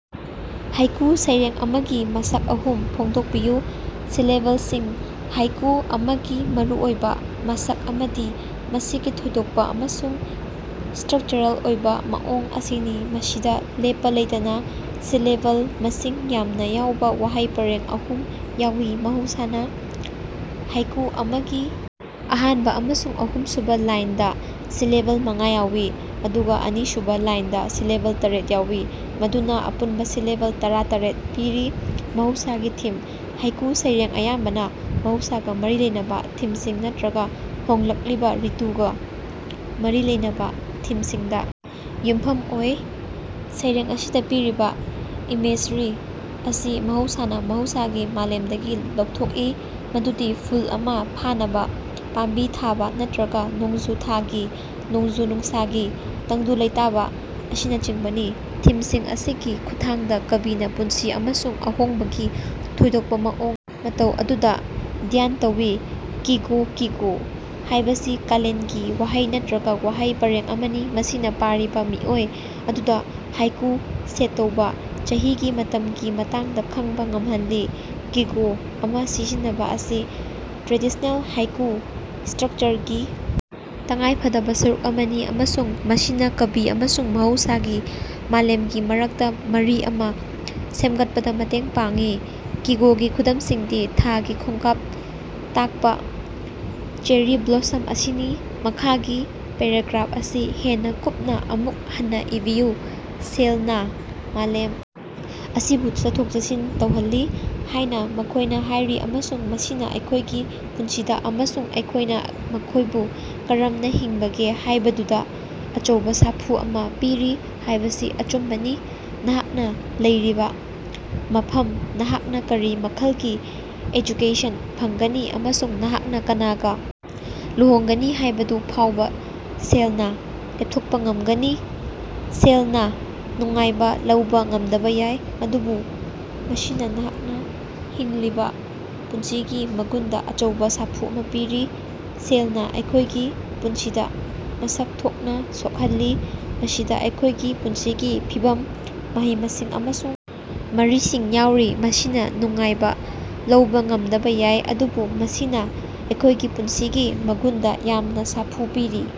Haiku ꯁꯩꯔꯦꯡ ꯑꯃꯒꯤ ꯃꯁꯛ ꯑꯍꯨꯝ ꯐꯣꯡꯗꯣꯛꯄꯤꯌꯨ꯫ ꯁꯤꯂꯦꯕꯜꯁꯤꯡ: ꯍꯥꯏꯀꯨ ꯑꯃꯒꯤ ꯃꯔꯨꯑꯣꯏꯕꯥ ꯃꯁꯛ ꯑꯃꯗꯤ ꯃꯁꯤꯒꯤ ꯊꯣꯏꯗꯣꯛꯄꯥ ꯑꯃꯁꯨꯡ ꯏꯁꯇ꯭ꯔꯛꯆꯔꯦꯜ ꯑꯣꯏꯕꯥ ꯃꯑꯣꯡ ꯑꯁꯤꯅꯤ, ꯃꯁꯤꯗꯥ ꯂꯦꯞꯄꯥ ꯂꯩꯇꯅꯥ ꯁꯤꯂꯦꯕꯜ ꯃꯁꯤꯡ ꯌꯥꯝꯅꯥ ꯌꯥꯎꯕ ꯋꯥꯍꯩ ꯄꯔꯦꯡ ꯑꯍꯨꯝ ꯌꯥꯎꯏ꯫ ꯃꯍꯧꯁꯥꯅꯥ ꯍꯥꯏꯀꯨ ꯑꯃꯒꯤ ꯑꯍꯥꯟꯕ ꯑꯃꯁꯨꯡ ꯑꯍꯨꯝꯁꯨꯕ ꯂꯥꯏꯟꯗꯥ ꯁꯤꯂꯦꯕꯜ ꯃꯉꯥ ꯌꯥꯎꯏ ꯑꯗꯨꯒꯥ ꯑꯅꯤꯁꯨꯕꯥ ꯂꯥꯏꯟꯗꯥ ꯁꯤꯂꯦꯕꯜ ꯇꯥꯔꯦꯠ ꯌꯥꯎꯏ꯫ ꯃꯗꯨꯅꯥ ꯑꯄꯨꯟꯕꯥ ꯁꯤꯂꯦꯕꯜ ꯇꯔꯥꯇꯔꯦꯠ ꯄꯤꯔꯤ꯫ ꯃꯍꯧꯁꯥꯒꯤ ꯊꯤꯝ: ꯍꯥꯏꯀꯨ ꯁꯩꯔꯦꯡ ꯑꯌꯥꯝꯕꯅꯥ ꯃꯍꯧꯁꯥꯒꯥ ꯃꯔꯤ ꯂꯩꯅꯕꯥ ꯊꯤꯝꯁꯤꯡ ꯅꯠꯇ꯭ꯔꯒꯥ ꯍꯣꯡꯂꯛꯂꯤꯕꯥ ꯔꯤꯇꯨꯒꯥ ꯃꯔꯤ ꯂꯩꯅꯕꯥ ꯊꯤꯝꯁꯤꯡꯗꯥ ꯌꯨꯝꯐꯝ ꯑꯣꯏ꯫ ꯁꯩꯔꯦꯡ ꯑꯁꯤꯗꯥ ꯄꯤꯔꯤꯕꯥ ꯏꯃꯦꯖꯔꯤ ꯑꯁꯤ ꯃꯍꯧꯁꯥꯅꯥ ꯃꯍꯧꯁꯥꯒꯤ ꯃꯥꯂꯦꯝꯗꯒꯤ ꯂꯧꯊꯣꯛꯏ, ꯃꯗꯨꯗꯤ ꯐꯨꯜ ꯑꯃꯥ ꯐꯥꯅꯕ, ꯄꯥꯝꯕꯤ ꯊꯥꯕ, ꯅꯠꯇ꯭ꯔꯒꯥ ꯅꯣꯡꯖꯨ ꯊꯥꯒꯤ ꯅꯣꯡꯖꯨ-ꯅꯨꯡꯁꯥꯒꯤ ꯇꯪꯗꯨ ꯂꯩꯇꯥꯕꯥ ꯑꯁꯤꯅꯆꯤꯡꯕꯅꯤ꯫ ꯊꯤꯝꯁꯤꯡ ꯑꯁꯤꯒꯤ ꯈꯨꯠꯊꯥꯡꯗꯥ ꯀꯕꯤꯅꯥ ꯄꯨꯟꯁꯤ ꯑꯃꯁꯨꯡ ꯑꯍꯣꯡꯕꯒꯤ ꯊꯣꯏꯗꯣꯛꯄꯥ ꯃꯑꯣꯡ ꯃꯇꯧ ꯑꯗꯨꯗꯥ ꯙ꯭ꯌꯥꯟ ꯇꯧꯏ꯫ ꯀꯤꯒꯣ: ꯀꯤꯒꯣ ꯍꯥꯏꯕꯁꯤ ꯀꯥꯂꯦꯟꯒꯤ ꯋꯥꯍꯩ ꯅꯠꯇ꯭ꯔꯒꯥ ꯋꯥꯍꯩ ꯄꯔꯦꯡ ꯑꯃꯅꯤ, ꯃꯁꯤꯅꯥ ꯄꯥꯔꯤꯕꯥ ꯃꯤꯑꯣꯏ ꯑꯗꯨꯗꯥ ꯍꯥꯏꯀꯨ ꯁꯦꯠ ꯇꯧꯕꯥ ꯆꯍꯤꯒꯤ ꯃꯇꯝꯒꯤ ꯃꯇꯥꯡꯗꯥ ꯈ ꯪꯕꯥ ꯉꯝꯍꯜꯂꯤ꯫ ꯀꯤꯒꯣ ꯑꯃꯥ ꯁꯤꯖꯤꯟꯅꯕꯥ ꯑꯁꯤ ꯇ꯭ꯔꯦꯗꯤꯁꯅꯦꯜ ꯍꯥꯏꯀꯨ ꯏꯁꯇ꯭ꯔꯛꯆꯔꯒꯤ ꯇꯉꯥꯏꯐꯗꯕꯥ ꯁꯔꯨꯛ ꯑꯃꯅꯤ ꯑꯃꯁꯨꯡ ꯃꯁꯤꯅꯥ ꯀꯕꯤ ꯑꯃꯁꯨꯡ ꯃꯍꯧꯁꯥꯒꯤ ꯃꯥꯂꯦꯝꯒꯤ ꯃꯔꯛꯇꯥ ꯃꯔꯤ ꯑꯃꯥ ꯁꯦꯝꯒꯠꯄꯗꯥ ꯃꯇꯦꯡ ꯄꯥꯡꯏ꯫ ꯀꯤꯒꯣꯒꯤ ꯈꯨꯗꯝꯁꯤꯡꯗꯤ ꯊꯥꯒꯤ ꯈꯣꯡꯀꯥꯞ ꯇꯥꯛꯄꯥ "ꯆꯦꯔꯤ ꯕ꯭ꯂꯣꯁꯝ" ꯑꯁꯤꯅꯤ꯫ ꯃꯈꯥꯒꯤ ꯄꯦꯔꯥꯒ꯭ꯔꯥꯞ ꯑꯁꯤ ꯍꯦꯟꯅꯥ ꯀꯨꯞꯅꯥ ꯑꯃꯨꯛ ꯍꯟꯅꯥ ꯏꯕꯤꯌꯨ꯫ ꯁꯦꯜꯅꯥ ꯃꯥꯂꯦꯝ ꯑꯁꯤꯕꯨ ꯆꯠꯊꯣꯛ-ꯆꯠꯁꯤꯟ ꯇꯧꯍꯜꯂꯤ ꯍꯥꯏꯅꯥ ꯃꯈꯣꯏꯅꯥ ꯍꯥꯏꯔꯤ ꯑꯃꯁꯨꯡ ꯃꯁꯤꯅꯥ ꯑꯩꯈꯣꯏꯒꯤ ꯄꯨꯟꯁꯤꯗꯥ ꯑꯃꯁꯨꯡ ꯑꯩꯈꯣꯏꯅꯥ ꯃꯈꯣꯏꯕꯨ ꯀꯔꯝꯅꯥ ꯍꯤꯡꯕꯒꯦ ꯍꯥꯏꯕꯗꯨꯗꯥ ꯑꯆꯧꯕꯥ ꯁꯥꯐꯨ ꯑꯃꯥ ꯄꯤꯔꯤ ꯍꯥꯏꯕꯁꯤ ꯑꯆꯨꯝꯕꯅꯤ꯫ ꯅꯍꯥꯛꯅꯥ ꯂꯩꯔꯤꯕꯥ ꯃꯐꯝ, ꯅꯍꯥꯛꯅꯥ ꯀꯔꯤ ꯃꯈꯜꯒꯤ ꯑꯦꯖꯨꯀꯦꯁꯟ ꯐꯪꯒꯅꯤ ꯑꯃꯁꯨꯡ ꯅꯍꯥꯛꯅꯥ ꯀꯅꯥꯒꯥ ꯂꯨꯍꯣꯡꯒꯅꯤ ꯍꯥꯏꯕꯗꯨ ꯐꯥꯎꯕꯥ ꯁꯦꯜꯅꯥ ꯂꯦꯞꯊꯣꯛꯄꯥ ꯉꯝꯒꯅꯤ꯫ ꯁꯦꯜꯅꯥ ꯅꯨꯡꯉꯥꯏꯕꯥ ꯂꯧꯕꯥ ꯉꯝꯗꯕ ꯌꯥꯏ, ꯑꯗꯨꯕꯨ ꯃꯁꯤꯅꯥ ꯅꯍꯥꯛꯅꯥ ꯍꯤꯡꯂꯤꯕꯥ ꯄꯨꯟꯁꯤꯒꯤ ꯃꯒꯨꯟꯗꯥ ꯑꯆꯧꯕꯥ ꯁꯥꯐꯨ ꯑꯃꯥ ꯄꯤꯔꯤ꯫ ꯁꯦꯜꯅꯥ ꯑꯩꯈꯣꯏꯒꯤ ꯄꯨꯟꯁꯤꯗꯥ ꯃꯁꯛ ꯊꯣꯛꯅꯥ ꯁꯣꯛꯍꯜꯂꯤ, ꯃꯁꯤꯗꯥ ꯑꯩꯈꯣꯏꯒꯤ ꯄꯨꯟꯁꯤꯒꯤ ꯐꯤꯚꯝ, ꯃꯍꯩ-ꯃꯁꯤꯡ ꯑꯃꯁꯨꯡ ꯃꯔꯤꯁꯤꯡ ꯌꯥꯎꯔꯤ꯫ ꯃꯁꯤꯅꯥ ꯅꯨꯡꯉꯥꯏꯕꯥ ꯂꯧꯕꯥ ꯉꯝꯗꯕꯥ ꯌꯥꯏ ꯑꯗꯨꯕꯨ ꯃꯁꯤꯅꯥ ꯑꯩꯈꯣꯏꯒꯤ ꯄꯨꯟꯁꯤꯒꯤ ꯃꯒꯨꯟꯗꯥ ꯌꯥꯝꯅꯥ ꯁꯥꯐꯨ ꯄꯤꯔꯤ꯫